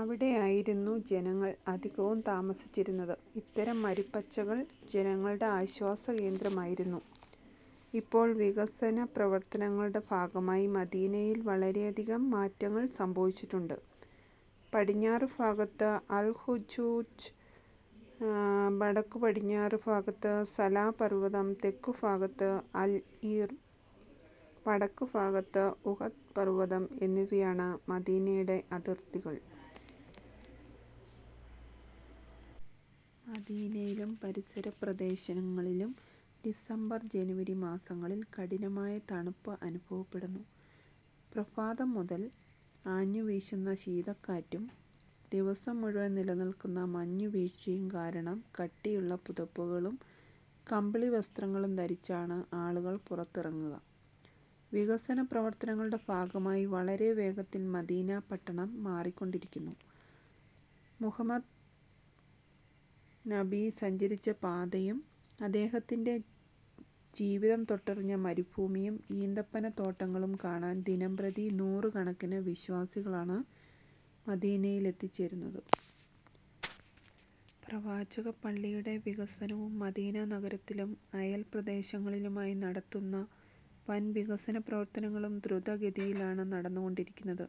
അവിടെയായിരുന്നു ജനങ്ങൾ അധികവും താമസിച്ചിരുന്നത്. ഇത്തരം മരുപ്പച്ചകൾ ജനങ്ങളുടെ ആശ്വാസകേന്ദ്രമായിരുന്നു. ഇപ്പോൾ വികസന പ്രവർത്തനങ്ങളുടെ ഭാഗമായി മദീനയിൽ വളരെയധികം മാറ്റങ്ങൾ സംഭവിച്ചിട്ടുണ്ട്. പടിഞ്ഞാറ് ഭാഗത്ത് അൽ-ഹുജൂജ്, വടക്കു പടിഞ്ഞാറ് ഭാഗത്ത് സലാ പർവതം, തെക്ക് ഭാഗത്ത് അൽ-ഈർ, വടക്ക് ഭാഗത്ത് ഉഹ്ദ് പർവതം എന്നിവയാണ് മദീനയുടെ അതിർത്തികൾ. മദീനയിലും പരിസരപ്രദേശങ്ങളിലും ഡിസംബർ ജനുവരി മാസങ്ങളിൽ കഠിനമായ തണുപ്പ് അനുഭവപ്പെടുന്നു. പ്രഭാതം മുതൽ ആഞ്ഞുവീശുന്ന ശീതക്കാറ്റും ദിവസം മുഴുവൻ നിലനിൽക്കുന്ന മഞ്ഞു വീഴ്ചയും കാരണം കട്ടിയുള്ള പുതപ്പുകളും കമ്പിളിവസ്ത്രങ്ങളും ധരിച്ചാണ് ആളുകൾ പുറത്തിറങ്ങുക. വികസന പ്രവർത്തനങ്ങളുടെ ഭാഗമായി വളരെ വേഗത്തിൽ മദീന പട്ടണം മാറിക്കൊണ്ടിരിന്നു. മുഹമ്മദ് നബി സഞ്ചരിച്ച പാതയും അദ്ദേഹത്തിന്റെ ജീവിതം തൊട്ടറിഞ്ഞ മരുഭൂമിയും ഈന്തപ്പനത്തോട്ടങ്ങളും കാണാൻ ദിനംപ്രതി നൂറു കണക്കിന് വിശ്വാസികളാണ് മദീനയിൽ എത്തിച്ചേരുന്നത്. പ്രവാചക പള്ളിയുടെ വികസനവും മദീന നഗരത്തിലും അയൽ പ്രദേശങ്ങളിലുമായി നടത്തുന്ന വൻ വികസന പ്രവർത്തനങ്ങളും ധ്രുതഗതിയിലാണ് നടന്നു കൊണ്ടിരിക്കുന്നത്.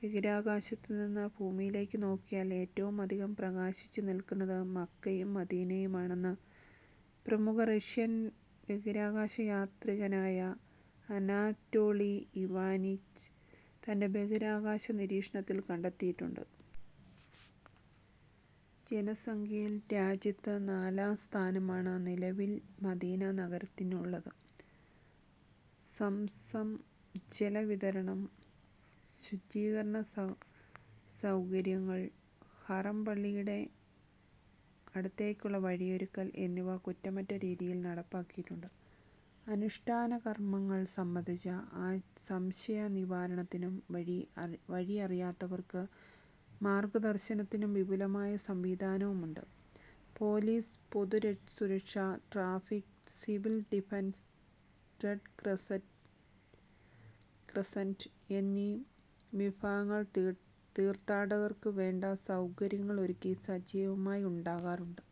ബഹിരാകാശത്ത് നിന്ന് ഭൂമിയിലേക്ക് നോക്കിയാൽ ഏറ്റവുമധികം പ്രകാശിച്ചു നിൽക്കുന്നത് മക്കയും മദീനയുമാണെന്ന് പ്രമുഖ റഷ്യൻ ബഹിരാകാശ യാത്രികനായ അനാറ്റോളി ഇവാനിച്ച് തന്റെ ബഹിരാകാശ നിരീക്ഷണത്തിൽ കണ്ടെത്തിയിട്ടുണ്ട്. ജനസംഖ്യയിൽ രാജ്യത്ത് നാലാം സ്ഥാനമാണ് നിലവിൽ മദീന നഗരത്തിനുള്ളത്. സംസം ജലവിതരണം, ശുചീകരണ സൗകര്യങ്ങൾ, ഹറം പള്ളിയുടെ അടുത്തേക്കുള്ള വഴിയൊരുക്കൽ എന്നിവ കുറ്റമറ്റ രീതിയിൽ നടപ്പാക്കിയിട്ടുണ്ട്. അനുഷ്ഠാനകർമങ്ങൾ സംബന്ധിച്ച സംശയനിവാരണത്തിനും വഴി അറിയാത്തവർക്ക് മാർഗദർശനത്തിനും വിപുലമായ സംവിധാനവുമുണ്ട്. പോലീസ്, പൊതുസുരക്ഷ, traffic, civil defence, red crescent എന്നീ വിഭാഗങ്ങൾ തീർത്ഥാടകർക്കു വേണ്ട സൗകര്യങ്ങൾ ഒരുക്കി സജീവമായി ഉണ്ടാകാറുണ്ട്.